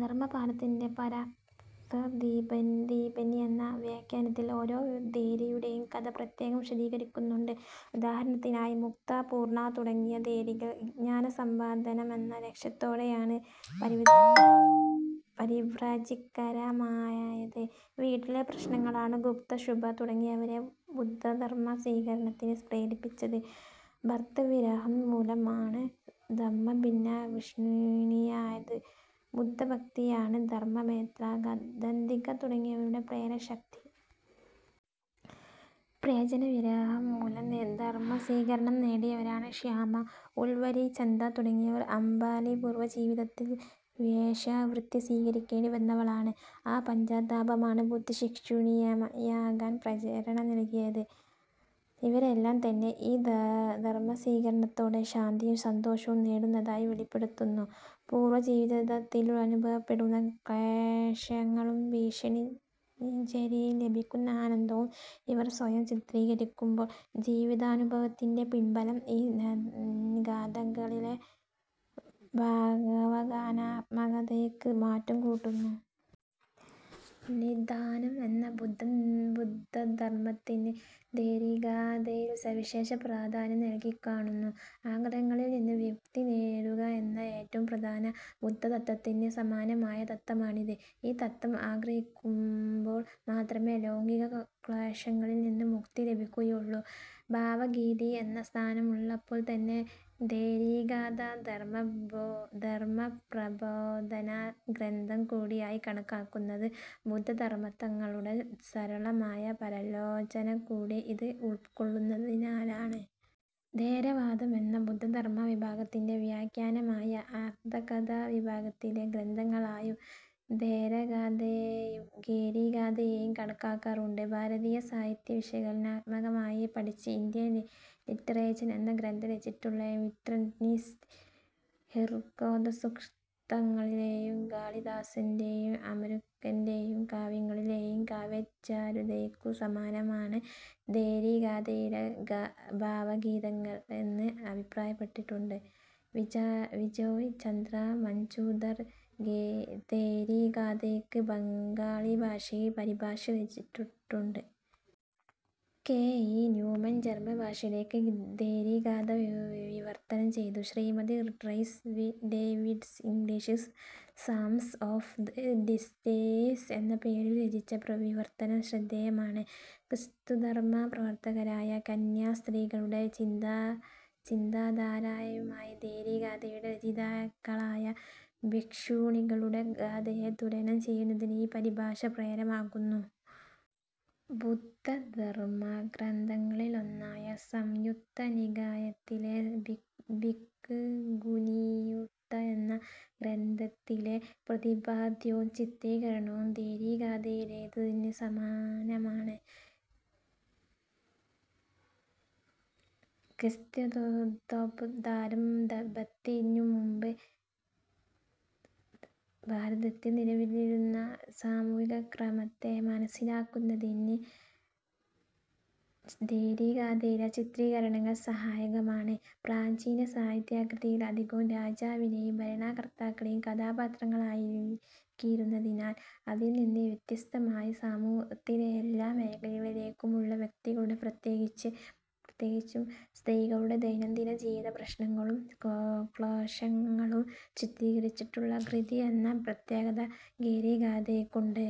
ധർമപാലന്റെ പരമത്ഥദീപനി എന്ന വ്യാഖ്യാനത്തിൽ ഓരോ ഥേരിയുടെയും കഥ പ്രത്യേകം വിശദീകരിക്കുന്നുണ്ട്. ഉദാഹരണമായി മുക്ത, പൂർണ തുടങ്ങിയ ഥേരികൾ ജ്ഞാനസമ്പാദനമെന്ന ലക്ഷ്യത്തോടെയാണ് പരിവ്രാജികമാരായത്. വീട്ടിലെ പ്രശ്നങ്ങളാണ് ഗുപ്ത, ശുഭ തുടങ്ങിയവരെ ബുദ്ധധർമ സ്വീകരണത്തിനു പ്രേരിപ്പിച്ചത്. ഭർതൃവിരഹം മൂലമാണ് ധമ്മഭിന്ന ഭിക്ഷുണിയായത്. ബുദ്ധഭക്തിയാണ് ധമ്മ, മൈത്രക, ദന്തിക തുടങ്ങിയവരുടെ പ്രേരകശക്തി. പ്രിയജനവിരഹംമൂലം ധർമസ്വീകരണം നേടിയവരാണ് ശ്യാമ, ഉർവരി, ചന്ദ തുടങ്ങിയവർ. അംബാലി പൂർവജീവിതത്തിൽ വേശ്യാവൃത്തി സ്വീകരിക്കേണ്ടിവന്നവളാണ്. ആ പശ്ചാത്താപമാണ് ബുദ്ധഭിക്ഷുണിയാകാൻ പ്രേരണ നല്കിയത്. ഇവരെല്ലാംതന്നെ ഈ ധർമസ്വീകരണത്തോടെ ശാന്തിയും സന്തോഷവും നേടുന്നതായി വെളിപ്പെടുത്തുന്നു. പൂർവജീവിതത്തിലനുഭവപ്പെടുന്ന ക്ലേശങ്ങളും ഭിക്ഷുണീചര്യയിൽ ലഭിക്കുന്ന ആനന്ദവും ഇവർ സ്വയം ചിത്രീകരിക്കുമ്പോൾ ജീവിതാനുഭവത്തിന്റെ പിൻബലം ഈ ഗാഥകളിലെ ഭാവഗാനാത്മകതയ്ക്കു മാറ്റുകൂട്ടുന്നു. 'നിദാനം' എന്ന ബുദ്ധധർമതത്ത്വത്തിന് ഥേരീഗാഥയിൽ സവിശേഷ പ്രാധാന്യം നല്കിക്കാണുന്നു. ആഗ്രഹങ്ങളിൽനിന്ന് വിമുക്തി നേടുക എന്ന ഏറ്റവും പ്രധാന ബുദ്ധതത്ത്വത്തിനു സമാനമായ തത്ത്വമാണിത്. ഈ തത്ത്വം ഗ്രഹിക്കുമ്പോൾ മാത്രമേ ലൗകിക ക്ലേശങ്ങളിൽനിന്ന് മുക്തി ലഭിക്കുകയുള്ളൂ. ഭാവഗീതി എന്ന സ്ഥാനമുള്ളപ്പോൾത്തന്നെ ഥേരീഗാഥ ധർമപ്രബോധന ഗ്രന്ഥം കൂടിയായി കണക്കാക്കുന്നത് ബുദ്ധധർമതത്ത്വങ്ങളുടെ സരളമായ പര്യാലോചനകൂടി ഇത് ഉൾ ക്കൊള്ളുന്നതിനാലാണ്. ഥേരവാദം എന്ന ബുദ്ധധർമ വിഭാഗത്തിന്റെ വ്യാഖ്യാനമായ അർഥകഥാ വിഭാഗത്തിലെ ഗ്രന്ഥങ്ങളായും ഥേരഗാഥയേയും ഥേരീഗാഥയേയും കണക്കാക്കാറുണ്ട്. ഭാരതീയ സാഹിത്യത്തെ വിശകലനാത്മകമായി പഠിച്ച് ഇന്ത്യൻ ലിറ്ററേച്ചർ എന്ന ഗ്രന്ഥം രചിച്ചിട്ടുള്ള വിന്റർനിറ്റ്സ് ഋഗ്വേദസൂക്തങ്ങളിലെയും കാളിദാസന്റെയും അമരുകന്റെയും കാവ്യങ്ങളിലെയും കാവ്യചാരുതയ്ക്കു സമാനമാണ് ഥേരീഗാഥയിലെ ഭാവഗീതങ്ങൾ എന്ന് അഭിപ്രായപ്പെട്ടിട്ടുണ്ട്. ബിജോയ് ചന്ദ്ര മജൂംദാർ ഥേരീഗാഥയ്ക്ക് ബംഗാളിഭാഷയിൽ പരിഭാഷ രചിച്ചിട്ടുണ്ട്. കെ. ഇ. ന്യൂമാൻ ജർമൻഭാഷയിലേക്ക് ഥേരീഗാഥ വിവർത്തനം ചെയ്തു. ശ്രീമതി റൈസ് ഡേവിഡ്സ് ഇംഗ്ലീഷിൽ സാംസ് ഒഫ് ദ് സിസ്റ്റേഴ്സ് എന്ന പേരിൽ രചിച്ച വിവർത്തനം ശ്രദ്ധേയമാണ്. ക്രിസ്തുധർമ പ്രവർത്തകരായ കന്യാസ്ത്രീകളുടെ ചിന്താധാരയുമായി ഥേരീഗാഥയുടെ രചയിതാക്കളായ ഭിക്ഷുണികളുടെ ഗാഥയെ തുലനം ചെയ്യുന്നതിന് ഈ പരിഭാഷ പ്രേരകമാകുന്നു. ബുദ്ധധർമഗ്രന്ഥങ്ങളിലൊന്നായ സംയുത്തനികായത്തിലെ ഭിക്ഖുനീസംയുത്ത എന്ന ഗ്രന്ഥത്തിലെ പ്രതിപാദ്യവും ചിത്രീകരണവും ഥേരീഗാഥയിലേതിനു സമാനമാണ്. ക്രിസ്ത്വബ്ദാരംഭത്തിനുമുമ്പ് ഭാരതത്തിൽ നിലവിലിരുന്ന സാമൂഹികക്രമത്തെ മനസ്സിലാക്കുന്നതിന് ഥേരീഗാഥയിലെ ചിത്രീകരണങ്ങൾ സഹായകമാണ്. പ്രാചീന സാഹിത്യകൃതികൾ അധികവും രാജാവിനെയും ഭരണകർത്താക്കളെയും കഥാപാത്രങ്ങളാക്കിയിരുന്നതിനാൽ അതിൽനിന്നു വ്യത്യസ്തമായി സമൂഹത്തിലെ എല്ലാ മേഖലകളിലുമുള്ള വ്യക്തികളുടെ-പ്രത്യേകിച്ചും സ്ത്രീകളുടെ-ദൈനംദിന ജീവിതപ്രശ്നങ്ങളും ക്ലേശങ്ങളും ചിത്രീകരിച്ചിട്ടുള്ള കൃതി എന്ന പ്രത്യേകത ഥേരീഗാഥയ്ക്കുണ്ട്.